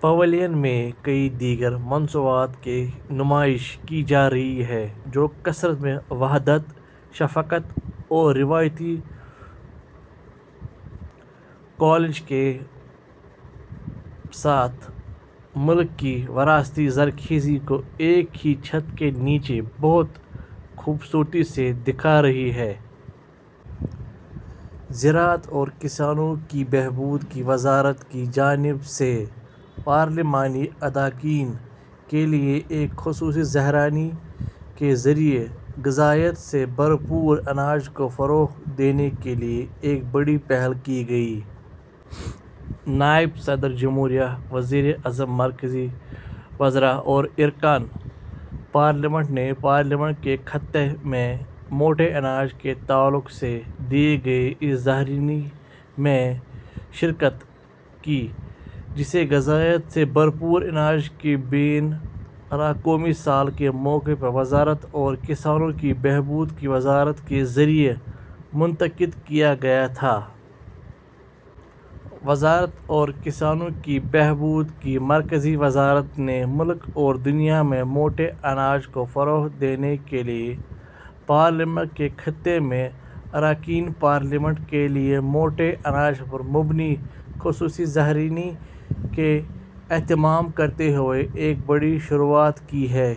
Pavilion میں کئی دیگر مصنوعات کی نمائش کی جا رہی ہے جو کثرت میں وحدت، ثقافت اور روایتی کولاج کے ساتھ ملک کی وراثتی زرخیزی کو ایک ہی چھت کے نیچے بہت خوبصورتی سے دکھا رہی ہیں۔ زراعت اور کسانوں کی بہبود کی وزارت کی جانب سے پارلیمانی اراکین کے لیے ایک خصوصی ظہرانے کے ذریعے غذائیت سے بھرپور اناج کو فروغ دینے کے لیے ایک بڑی پہل کی گئی۔ نائب صدر جمہوریہ، وزیر اعظم، مرکزی وزراء اور ارکان پارلیمنٹ نے پارلیمنٹ کے احاطے میں موٹے اناج کے تعلق سے دیے گئے اس ظہرانے میں شرکت کی، جسے غذائیت سے بھرپور اناج کے بین الاقوامی سال کے موقع پر زراعت اور کسانوں کی بہبود کی وزارت کے ذریعے منعقد کیا گیا تھا۔ زراعت اور کسانوں کی بہبود کی مرکزی وزارت نے ملک اور دنیا میں موٹے اناج کو فروغ دینے کے لیے پارلیمنٹ کے احاطے میں اراکین پارلیمنٹ کے لیے موٹے اناج پر مبنی خصوصی ظہرانے کا اہتمام کرتے ہوئے ایک بڑی شروعات کی ہے۔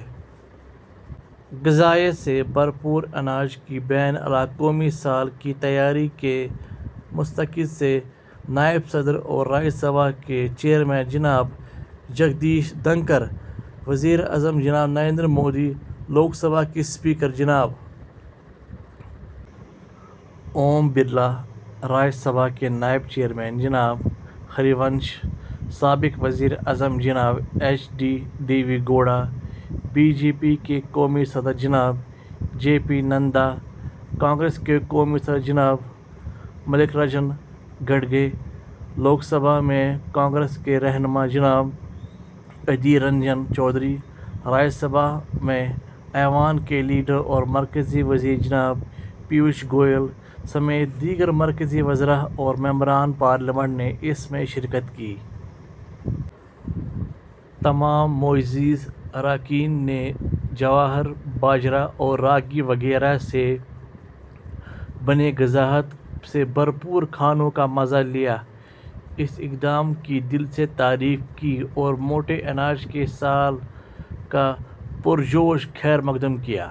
غذائیت سے بھرپور اناج کے بین الاقوامی سال کی تیاری کے مقصد سے نائب صدر اور راجیہ سبھا کے چیئرمین جناب جگدیپ دھنکھڑ، وزیر اعظم جناب نریندر مودی، لوک سبھا کے اسپیکر جناب اوم برلا، راجیہ سبھا کے نائب چیئرمین جناب ہری ونش، سابق وزیر اعظم جناب ایچ ڈی دیوے گوڑا، بی جے پی کے قومی صدر جناب جے پی نڈا، کانگریس کے قومی صدر جناب ملکاراجن کھڑگے، لوک سبھا میں کانگریس کے رہنما جناب ادھیرنجن چودھری، راجیہ سبھا میں ایوان کے لیڈر اور مرکزی وزیر جناب پیوش گوئل سمیت دیگر مرکزی وزراء اور ممبران پارلیمنٹ نے اس میں شرکت کی۔ تمام معزز اراکین نے جوار، باجرہ اور راگی وغیرہ سے بنے غذائیت سے بھرپور کھانوں کا مزا لیا، اس اقدام کی دل سے تعریف کی اور موٹے اناج کے سال کا پرجوش خیرمقدم کیا۔